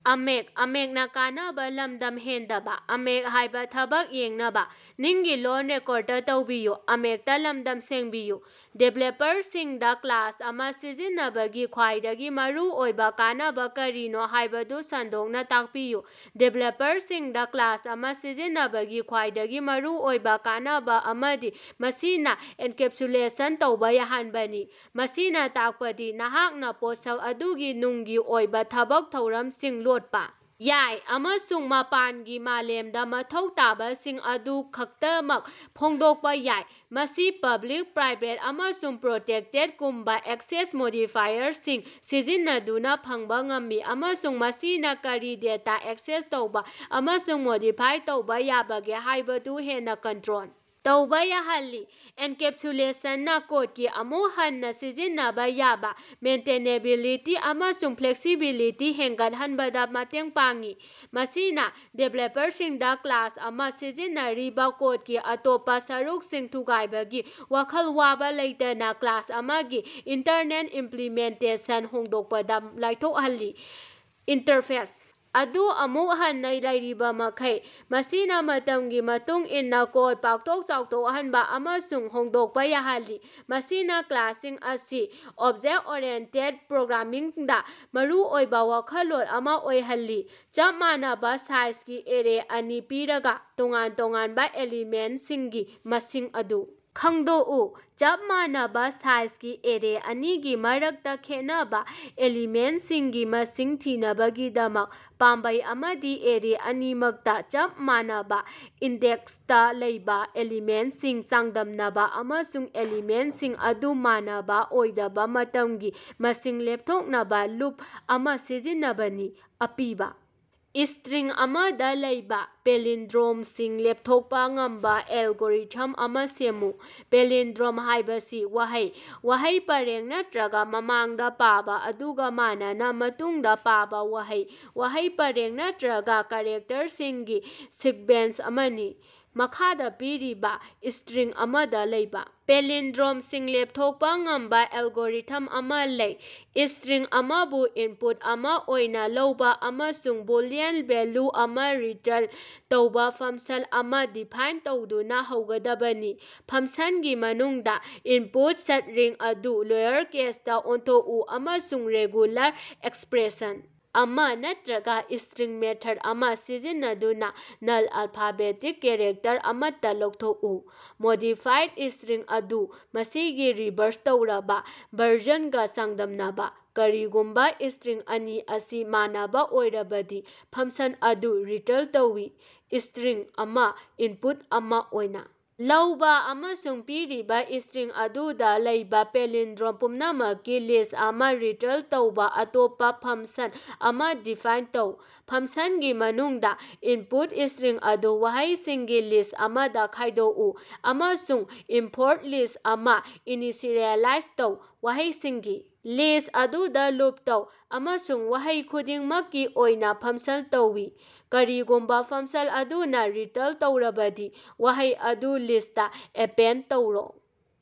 ꯗꯤꯕꯦꯂꯞꯄꯔꯁꯤꯡꯗ class ꯑꯃ ꯁꯤꯖꯤꯟꯅꯕꯒꯤ ꯈ꯭ꯋꯥꯏꯗꯒꯤ ꯃꯔꯨꯑꯣꯏꯕ ꯀꯥꯟꯅꯕ ꯀꯔꯤꯅꯣ ꯍꯥꯏꯕꯗꯨ ꯁꯟꯗꯣꯛꯅ ꯇꯥꯛꯄꯤꯌꯨ? ꯗꯤꯕꯦꯂꯞꯄꯔꯁꯤꯡꯗ ꯀ꯭ꯂꯥꯁ ꯑꯃ ꯁꯤꯖꯤꯟꯅꯕꯒꯤ ꯈ꯭ꯋꯥꯏꯗꯒꯤ ꯃꯔꯨꯑꯣꯏꯕ ꯀꯥꯟꯅꯕ ꯑꯃꯗꯤ ꯃꯁꯤꯅ ꯑꯦꯟꯀꯦꯞꯁꯨꯂꯦꯁꯟ ꯇꯧꯕ ꯌꯥꯍꯟꯕꯅꯤ꯫ ꯃꯁꯤꯅ ꯇꯥꯛꯄꯗꯤ ꯅꯍꯥꯛꯅ ꯄꯣꯠꯁꯛ ꯑꯗꯨꯒꯤ ꯅꯨꯡꯒꯤ ꯑꯣꯏꯕ ꯊꯕꯛ ꯊꯧꯔꯝꯁꯤꯡ ꯂꯣꯠꯄ ꯌꯥꯏ ꯑꯃꯁꯨꯡ ꯃꯄꯥꯟꯒꯤ ꯃꯥꯂꯦꯝꯗ ꯃꯊꯧ ꯇꯥꯕꯁꯤꯡ ꯑꯗꯨ ꯈꯛꯇꯃꯛ ꯐꯣꯡꯗꯣꯛꯄ ꯌꯥꯏ꯫ ꯃꯁꯤ ꯄꯕ꯭ꯂꯤꯛ, ꯄ꯭ꯔꯥꯏꯚꯦꯠ ꯑꯃꯁꯨꯡ ꯄ꯭ꯔꯣꯇꯦꯛꯇꯦꯗꯒꯨꯝꯕ ꯑꯦꯛꯁꯦꯁ ꯃꯣꯗꯤꯐꯥꯏꯌꯔꯁꯤꯡ ꯁꯤꯖꯤꯟꯅꯗꯨꯅ ꯐꯪꯕ ꯉꯝꯃꯤ ꯑꯃꯁꯨꯡ ꯃꯁꯤꯅ ꯀꯔꯤ ꯗꯦꯇꯥ ꯑꯦꯛꯁꯦꯁ ꯇꯧꯕꯥ ꯑꯃꯁꯨꯡ ꯃꯣꯗꯤꯐꯥꯏ ꯇꯧꯕꯥ ꯌꯥꯕꯒꯦ ꯍꯥꯏꯕꯗꯨ ꯍꯦꯟꯅ ꯀꯟꯇ꯭ꯔꯣꯜ ꯇꯧꯕ ꯌꯥꯍꯜꯂꯤ꯫ ꯑꯦꯟꯀꯦꯞꯁꯨꯂꯦꯁꯟꯅ ꯀꯣꯗꯀꯤ ꯑꯃꯨꯛ ꯍꯟꯅꯥ ꯁꯤꯖꯤꯟꯅꯕ ꯌꯥꯕ, ꯃꯦꯟꯇꯦꯅꯦꯕꯤꯂꯤꯇꯤ ꯑꯃꯁꯨꯡ ꯐ꯭ꯂꯦꯛꯁꯤꯕꯤꯂꯤꯇꯤ ꯍꯦꯟꯒꯠꯍꯟꯕꯗ ꯃꯇꯦꯡ ꯄꯥꯡꯏ꯫ ꯃꯁꯤꯅ ꯗꯤꯕꯦꯂꯄꯔꯁꯤꯡꯗꯥ ꯀ꯭ꯂꯥꯁ ꯑꯃꯥ ꯁꯤꯖꯤꯟꯅꯔꯤꯕ ꯀꯣꯗꯀꯤ ꯑꯇꯣꯞꯄꯥ ꯁꯔꯨꯛꯁꯤꯡ ꯊꯨꯒꯥꯏꯕꯒꯤ ꯋꯥꯈꯜ ꯋꯥꯕ ꯂꯩꯇꯅ ꯀ꯭ꯂꯥꯁ ꯑꯃꯒꯤ ꯏꯟꯇꯔꯅꯦꯜ ꯏꯝꯄ꯭ꯂꯤꯃꯦꯟꯇꯦꯁꯟ ꯍꯣꯡꯗꯣꯛꯄꯗ ꯂꯥꯏꯊꯣꯛꯍꯜꯂꯤ, ꯏꯟꯇꯔꯐꯦꯁ ꯑꯗꯨ ꯑꯃꯨꯛ ꯍꯟꯅ ꯂꯩꯔꯤꯕꯃꯈꯩ꯫ ꯃꯁꯤꯅ ꯃꯇꯝꯒꯤ ꯃꯇꯨꯡ ꯏꯟꯅ ꯀꯣꯗ ꯄꯥꯛꯊꯣꯛ ꯆꯥꯎꯊꯣꯛꯍꯟꯕ ꯑꯃꯁꯨꯡ ꯍꯣꯡꯗꯣꯛꯄ ꯌꯥꯍꯜꯂꯤ, ꯃꯁꯤꯅꯥ ꯀ꯭ꯂꯥꯁꯁꯤꯡ ꯑꯁꯤ ꯑꯣꯕꯖꯦꯛꯇ-ꯑꯣꯔꯤꯑꯦꯟꯇꯦꯗ ꯄ꯭ꯔꯣꯒ꯭ꯔꯥꯃꯤꯡꯗꯥ ꯃꯔꯨꯑꯣꯏꯕ ꯋꯥꯈꯜꯂꯣꯟ ꯑꯃ ꯑꯣꯏꯍꯜꯂꯤ꯫ ꯆꯞ ꯃꯥꯟꯅꯕꯥ ꯁꯥꯏꯖꯒꯤ ꯑꯦꯔꯦ ꯑꯅꯤ ꯄꯤꯔꯒ, ꯇꯣꯉꯥꯟ-ꯇꯣꯉꯥꯟꯕ ꯑꯦꯂꯤꯃꯦꯟꯇꯁꯤꯡꯒꯤ ꯃꯁꯤꯡ ꯑꯗꯨ ꯈꯪꯗꯣꯛꯎ꯫ ꯆꯞ ꯃꯥꯟꯅꯕ ꯁꯥꯏꯖꯒꯤ ꯑꯦꯔꯦ ꯑꯅꯤꯒꯤ ꯃꯔꯛꯇꯥ ꯈꯦꯠꯅꯕ ꯑꯦꯂꯤꯃꯦꯟꯇꯁꯤꯡꯒꯤ ꯃꯁꯤꯡ ꯊꯤꯅꯕꯒꯤꯗꯃꯛ, ꯄꯥꯝꯕꯩ ꯑꯃꯗꯤ ꯑꯦꯔꯦ ꯑꯅꯤꯃꯛꯇ ꯆꯞ ꯃꯥꯟꯅꯕ ꯏꯟꯗꯦꯛꯁꯇ ꯂꯩꯕ ꯑꯦꯂꯤꯃꯦꯟꯇꯁꯤꯡ ꯆꯥꯡꯗꯝꯅꯕ ꯑꯃꯁꯨꯡ ꯑꯦꯂꯤꯃꯦꯟꯇꯁꯤꯡ ꯑꯗꯨ ꯃꯥꯟꯅꯕ ꯑꯣꯏꯗꯕ ꯃꯇꯝꯒꯤ ꯃꯁꯤꯡ ꯂꯦꯞꯊꯣꯛꯅꯕ ꯂꯨꯞ ꯑꯃ ꯁꯤꯖꯤꯟꯅꯕꯅꯤ꯫ ꯑꯄꯤꯕ ꯏꯁꯇ꯭ꯔꯤꯡ ꯑꯃꯗ ꯂꯩꯕ ꯄꯦꯂꯤꯟꯗ꯭ꯔꯣꯝꯁꯤꯡ ꯂꯦꯞꯊꯣꯛꯄ ꯉꯝꯕ ꯑꯦꯜꯒꯣꯔꯤꯊꯝ ꯑꯃ ꯁꯦꯝꯃꯨ꯫ ꯄꯥꯂꯤꯟꯗ꯭ꯔꯣꯝ ꯍꯥꯏꯕꯁꯤ ꯋꯥꯍꯩ, ꯋꯥꯍꯩ ꯄꯔꯦꯡ ꯅꯠꯇ꯭ꯔꯒ ꯃꯃꯥꯡꯗ ꯄꯥꯕ ꯑꯗꯨꯒ ꯃꯥꯟꯅꯅ ꯃꯇꯨꯡꯗ ꯄꯥꯕ ꯋꯥꯍꯩ, ꯋꯥꯍꯩ ꯄꯔꯦꯡ ꯅꯠꯇ꯭ꯔꯒ ꯀꯦꯔꯦꯛꯇꯔꯁꯤꯡꯒꯤ ꯁꯤꯛꯕꯦꯟꯁ ꯑꯃꯅꯤ꯫ ꯃꯈꯥꯗ ꯄꯤꯔꯤꯕ ꯏꯁꯇ꯭ꯔꯤꯡ ꯑꯃꯗ ꯂꯩꯕ ꯄꯦꯂꯤꯟꯗ꯭ꯔꯣꯝꯁꯤꯡ ꯂꯦꯞꯊꯣꯛꯄ ꯉꯝꯕ ꯑꯦꯜꯒꯣꯔꯤꯊꯝ ꯑꯃ ꯂꯩ: ꯏꯁꯇ꯭ꯔꯤꯡ ꯑꯃꯕꯨ ꯏꯟꯄꯨꯠ ꯑꯃ ꯑꯣꯏꯅ ꯂꯧꯕ ꯑꯃꯁꯨꯡ ꯕꯨꯂꯤꯌꯟ ꯚꯦꯜꯌꯨ ꯑꯃ ꯔꯤꯇꯔꯟ ꯇꯧꯕ ꯐꯪꯁꯟ ꯑꯃ ꯗꯤꯐꯥꯏꯟ ꯇꯧꯗꯨꯅ ꯍꯧꯒꯗꯕꯅꯤ꯫ ꯐꯪꯁꯟꯒꯤ ꯃꯅꯨꯡꯗ, ꯏꯟꯄꯨꯠ ꯁ꯭ꯠꯔꯤꯡ ꯑꯗꯨ ꯂꯣꯌꯔꯀꯦꯁꯇꯥ ꯑꯣꯟꯊꯣꯛꯎ ꯑꯃꯁꯨꯡ ꯔꯦꯒꯨꯂꯥꯔ ꯑꯦꯛꯁꯄ꯭ꯔꯦꯁꯟ ꯑꯃ ꯅꯠꯇ꯭ꯔꯒ ꯏꯁꯇ꯭ꯔꯤꯡ ꯃꯦꯊꯠ ꯑꯃ ꯁꯤꯖꯤꯟꯅꯗꯨꯅ ꯅꯟ-ꯑꯜꯐꯥꯕꯦꯇꯤꯛ ꯀꯦꯔꯦꯛꯇꯔ ꯑꯃꯠꯇ ꯂꯧꯊꯣꯛꯎ꯫ ꯃꯣꯗꯤꯐꯥꯏꯗ ꯏꯁꯇ꯭ꯔꯤꯡ ꯑꯗꯨ ꯃꯁꯤꯒꯤ ꯔꯤꯚꯥꯔꯁ ꯇꯧꯔꯕ ꯚꯔꯖꯟꯒ ꯆꯥꯡꯗꯝꯅꯕ꯫ ꯀꯔꯤꯒꯨꯝꯕ ꯏꯁꯇ꯭ꯔꯤꯡ ꯑꯅꯤ ꯑꯁꯤ ꯃꯥꯟꯅꯕ ꯑꯣꯏꯔꯕꯗꯤ, ꯐꯪꯁꯟ ꯑꯗꯨ ꯔꯤꯇꯔꯟ ꯇꯧꯏ꯫ ꯏꯁꯇ꯭ꯔꯤꯡ ꯑꯃ ꯏꯟꯄꯨꯠ ꯑꯃ ꯑꯣꯏꯅ ꯂꯧꯕ ꯑꯃꯁꯨꯡ ꯄꯤꯔꯤꯕ ꯏꯁꯇ꯭ꯔꯤꯡ ꯑꯗꯨꯗꯥ ꯂꯩꯕꯥ ꯄꯥꯂꯤꯟꯗ꯭ꯔꯣꯝ ꯄꯨꯝꯅꯃꯛꯀꯤ ꯂꯤꯁ꯭ꯠ ꯑꯃ ꯔꯤꯇꯔꯟ ꯇꯧꯕ ꯑꯇꯣꯞꯄ ꯐꯪꯁꯟ ꯑꯃ ꯗꯤꯐꯥꯏꯟ ꯇꯧ꯫ ꯐꯪꯁꯟꯒꯤ ꯃꯅꯨꯡꯗ, ꯏꯟꯄꯨꯠ ꯏꯁꯇ꯭ꯔꯤꯡ ꯑꯗꯨ ꯋꯥꯍꯩꯁꯤꯡꯒꯤ ꯂꯤꯁ ꯑꯃꯗ ꯈꯥꯏꯗꯣꯛꯎ, ꯑꯃꯁꯨꯡ ꯏꯝꯄꯣꯔꯠ ꯂꯤꯁ ꯑꯃ ꯏꯅꯤꯁꯤꯑꯦꯂꯥꯏꯖ ꯇꯧ꯫ ꯋꯥꯍꯩꯁꯤꯡꯒꯤ ꯂꯤꯁ꯭ꯠ ꯑꯗꯨꯗ ꯂꯨꯞ ꯇꯧ, ꯑꯃꯁꯨꯡ ꯋꯥꯍꯩ ꯈꯨꯗꯤꯡꯃꯛꯀꯤ ꯑꯣꯏꯅ ꯐꯪꯁꯟ ꯇꯧꯏ꯫ ꯀꯔꯤꯒꯨꯝꯕ ꯐꯪꯁꯟ ꯑꯗꯨꯅ ꯔꯤꯇꯔꯟ ꯇꯧꯔꯕꯗꯤ, ꯋꯥꯍꯩ ꯑꯗꯨ ꯂꯤꯁꯇ ꯑꯦꯄꯦꯟꯗ ꯇꯧꯔꯣ꯫